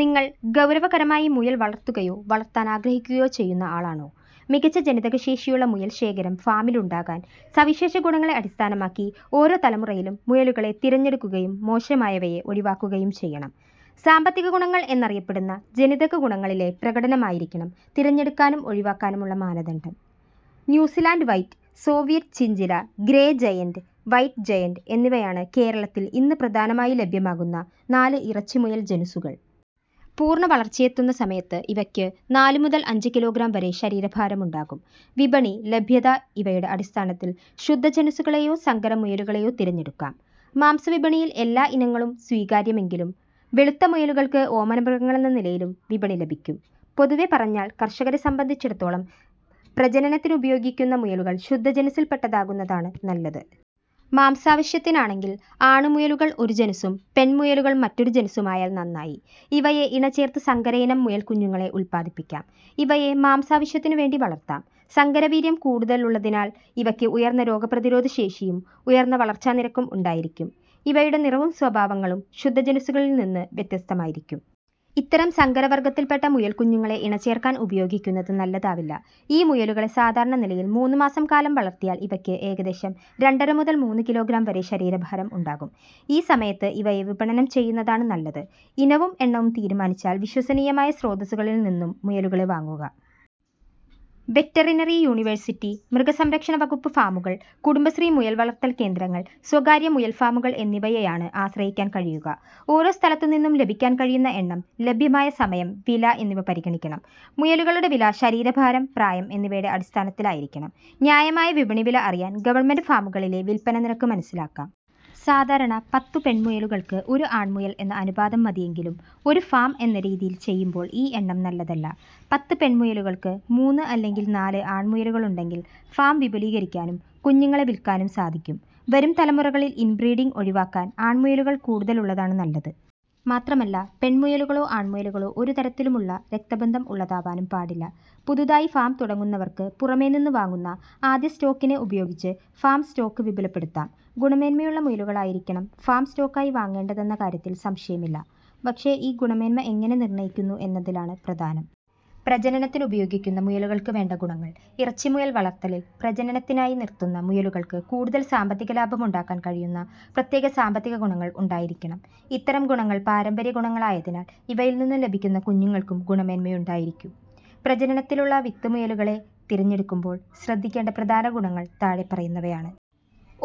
നിങ്ങൾ ഗൗരവകരമായി മുയൽ വളർത്തുകയോ വളർത്താനാഗ്രഹിക്കുകയോ ചെയ്യുന്ന ആളാണോ? മികച്ച ജനിതക ശേഷിയുള്ള മുയൽ ശേഖരം ഫാമിലുണ്ടാകാൻ സവിശേഷ ഗുണങ്ങളെ അടിസ്ഥാനമാക്കി ഓരോ തലമുറയിലും മുയലുകളെ തിരഞ്ഞെടുക്കുകയും മോശമായവയെ ഒഴിവാക്കുകയും ചെയ്യണം. സാമ്പത്തിക ഗുണങ്ങൾ എന്നറിയപ്പെടുന്ന ജനിതക ഗുണങ്ങളിലെ പ്രകടനമായിരിക്കണം തിരഞ്ഞെടുക്കാനും ഒഴിവാക്കാനുമുള്ള മാനദണ്ഡം. New Zealand white, Soviet chinchilla, grey giant, white giant എന്നിവയാണ് കേരളത്തിൽ ഇന്ന് പ്രധാനമായി ലഭ്യമാകുന്ന നാല് ഇറച്ചി മുയൽ ജനുസുകൾ. പൂർണ്ണ വളർച്ചയെത്തുന്ന സമയത്ത് ഇവയ്ക്ക് നാല് മുതൽ അഞ്ച് കിലോഗ്രാം വരെ ശരീരഭാരമുണ്ടാകും. വിപണി, ലഭ്യത ഇവയുടെ അടിസ്ഥാനത്തിൽ ശുദ്ധ ജനുസുകളെയോ സങ്കര മുയലുകളെയോ തിരഞ്ഞെടുക്കാം. മാംസ വിപണിയിൽ എല്ലാ ഇനങ്ങളും സ്വീകാര്യമെങ്കിലും വെളുത്ത മുയലുകൾക്ക് ഓമനമൃഗങ്ങളെന്ന നിലയിലും വിപണി ലഭിക്കും. പൊതുവെ പറഞ്ഞാൽ കർഷകരെ സംബന്ധിച്ചിടത്തോളം പ്രജനനത്തിനുപയോഗിക്കുന്ന മുയലുകൾ ശുദ്ധ ജനുസിൽപ്പെട്ടതാകുന്നതാണ് നല്ലത്. മാംസാവശ്യത്തിനാണെങ്കിൽ ആണ് മുയലുകൾ ഒരു ജനുസും പെൺ മുയലുകൾ മറ്റൊരു ജനുസുമായാൽ നന്നായി. ഇവയെ ഇണ ചേർത്ത് സങ്കരയിനം മുയൽ കുഞ്ഞുങ്ങളെ ഉൽപാദിപ്പിക്കാം. ഇവയെ മാംസാവശ്യത്തിനു വേണ്ടി വളർത്താം. സങ്കരവീര്യം കൂടുതലുള്ളതിനാൽ ഇവയ്ക്ക് ഉയർന്ന രോഗപ്രതിരോധശേഷിയും, ഉയർന്ന വളർച്ചാ നിരക്കും ഉണ്ടായിരിക്കും. ഇവയുടെ നിറവും സ്വഭാവങ്ങളും ശുദ്ധ ജനുസുകളിൽനിന്ന് വ്യത്യസ്തമായിരിക്കും. ഇത്തരം സങ്കര വർഗ്ഗത്തിൽപ്പെട്ട മുയൽ കുഞ്ഞുങ്ങളെ ഇണ ചേർക്കാൻ ഉപയോഗിക്കുന്നത് നല്ലതാവില്ല. ഈ മുയലുകളെ സാധാരണ നിലയിൽ മൂന്നു മാസം കാലം വളർത്തിയാൽ ഇവയ്ക്ക് ഏകദേശം രണ്ടര മുതൽ മൂന്ന് കിലോഗ്രാം വരെ ശരീരഭാരം ഉണ്ടാകും. ഈ സമയത്ത് ഇവയെ വിപണനം ചെയ്യുന്നതാണ് നല്ലത്. ഇനവും, എണ്ണവും തീരുമാനിച്ചാൽ വിശ്വസനീയമായ സ്രോതസുകളിൽനിന്നും മുയലുകളെ വാങ്ങുക. വെറ്ററിനറി യൂണിവേഴ്സിറ്റി, മൃഗസംരക്ഷണ വകുപ്പ് ഫാമുകൾ, കുടുംബശ്രീ മുയൽ വളർത്തൽ കേന്ദ്രങ്ങൾ, സ്വകാര്യ മുയൽ ഫാമുകൾ എന്നിവയെയാണ് ആശ്രയിക്കാൻ കഴിയുക. ഓരോ സ്ഥലത്തുനിന്നും ലഭിക്കാൻ കഴിയുന്ന എണ്ണം, ലഭ്യമായ സമയം, വില എന്നിവ പരിഗണിക്കണം. മുയലുകളുടെ വില ശരീരഭാരം, പ്രായം എന്നിവയുടെ അടിസ്ഥാനത്തിലായിരിക്കണം. ന്യായമായ വിപണി വില അറിയാൻ ഗവൺമെൻ്റ് ഫാമുകളിലെ വിൽപ്പന നിരക്ക് മനസ്സിലാക്കാം. സാധാരണ പത്തു പെൺ മുയലുകൾക്ക് ഒരു ആൺമുയൽ എന്ന അനുപാതം മതിയെങ്കിലും ഒരു ഫാം എന്ന രീതിയിൽ ചെയ്യുമ്പോൾ ഈ എണ്ണം നല്ലതല്ല. പത്ത് പെൺമുയലുകൾക്ക് മൂന്ന് അല്ലെങ്കിൽ നാല് ആൺമുയലുകളുണ്ടെങ്കിൽ ഫാം വിപുലീകരിക്കാനും കുഞ്ഞുങ്ങളെ വിൽക്കാനും സാധിക്കും. വരും തലമുറകളിൽ ഇൻബ്രീഡിങ് ഒഴിവാക്കാൻ ആൺമുയലുകൾ കൂടുതലുള്ളതാണ് നല്ലത്. മാത്രമല്ല പെൺമുയലുകളോ ആൺമുയലുകളോ ഒരു തരത്തിലുമുള്ള രക്തബന്ധം ഉള്ളതാവാനും പാടില്ല. പുതുതായി ഫാം തുടങ്ങുന്നവർക്ക് പുറമേനിന്ന് വാങ്ങുന്ന ആദ്യ സ്റ്റോക്കിനെ ഉപയോഗിച്ച് ഫാം സ്റ്റോക്ക് വിപുലപ്പെടുത്താം. ഗുണമേന്മയുള്ള മുയലുകളായിരിക്കണം ഫാം സ്റ്റോക്കായി വാങ്ങേണ്ടതെന്ന കാര്യത്തിൽ സംശയമില്ല. പക്ഷേ ഈ ഗുണമേന്മ എങ്ങനെ നിർണ്ണയിക്കുന്നു എന്നതിലാണ് പ്രധാനം. പ്രജനനത്തിനുപയോഗിക്കുന്ന മുയലുകൾക്ക് വേണ്ട ഗുണങ്ങൾ: ഇറച്ചി മുയൽ വളർത്തലിൽ പ്രജനനത്തിനായി നിർത്തുന്ന മുയലുകൾക്ക് കൂടുതൽ സാമ്പത്തിക ലാഭമുണ്ടാക്കാൻ കഴിയുന്ന പ്രത്യേക സാമ്പത്തിക ഗുണങ്ങൾ ഉണ്ടായിരിക്കണം. ഇത്തരം ഗുണങ്ങൾ പാരമ്പര്യ ഗുണങ്ങളായതിനാൽ ഇവയിൽനിന്നും ലഭിക്കുന്ന കുഞ്ഞുങ്ങൾക്കും ഗുണമേന്മയുണ്ടായിരിക്കും. പ്രജനനത്തിനുള്ള വിത്തുമുയലുകളെ തിരഞ്ഞെടുക്കുമ്പോൾ ശ്രദ്ധിക്കേണ്ട പ്രധാന ഗുണങ്ങൾ താഴെ പറയുന്നവയാണ്.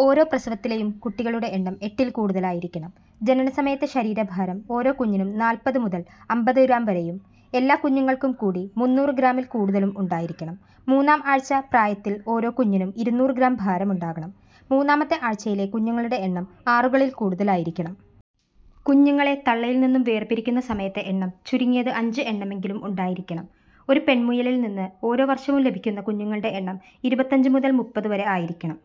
ഓരോ പ്രസവത്തിലെയും കുട്ടികളുടെ എണ്ണം എട്ടിൽ കൂടുതലായിരിക്കണം. ജനനസമയത്തെ ശരീരഭാരം ഓരോ കുഞ്ഞിനും നാൽപ്പത് മുതൽ അമ്പത് ഗ്രാം വരെയും, എല്ലാ കുഞ്ഞുങ്ങൾക്കും കൂടി മുന്നൂറ് ഗ്രാമിൽ കൂടുതലും ഉണ്ടായിരിക്കണം. മൂന്നാം ആഴ്ച പ്രായത്തിൽ ഓരോ കുഞ്ഞിനും ഇരുന്നൂറ് ഗ്രാം ഭാരമുണ്ടാകണം. മൂന്നാമത്തെ ആഴ്ചയിലെ കുഞ്ഞുങ്ങളുടെ എണ്ണം ആറുകളിൽ കൂടുതലായിരിക്കണം. കുഞ്ഞുങ്ങളെ തള്ളയിൽനിന്നും വേർപിരിക്കുന്ന സമയത്തെ എണ്ണം ചുരുങ്ങിയത് അഞ്ച് എണ്ണമെങ്കിലും ഉണ്ടായിരിക്കണം. ഒരു പെൺമുയലിൽനിന്ന് ഓരോ വർഷവും ലഭിക്കുന്ന കുഞ്ഞുങ്ങളുടെ എണ്ണം ഇരുപത്തഞ്ച് മുതൽ മുപ്പത് വരെ ആയിരിക്കണം.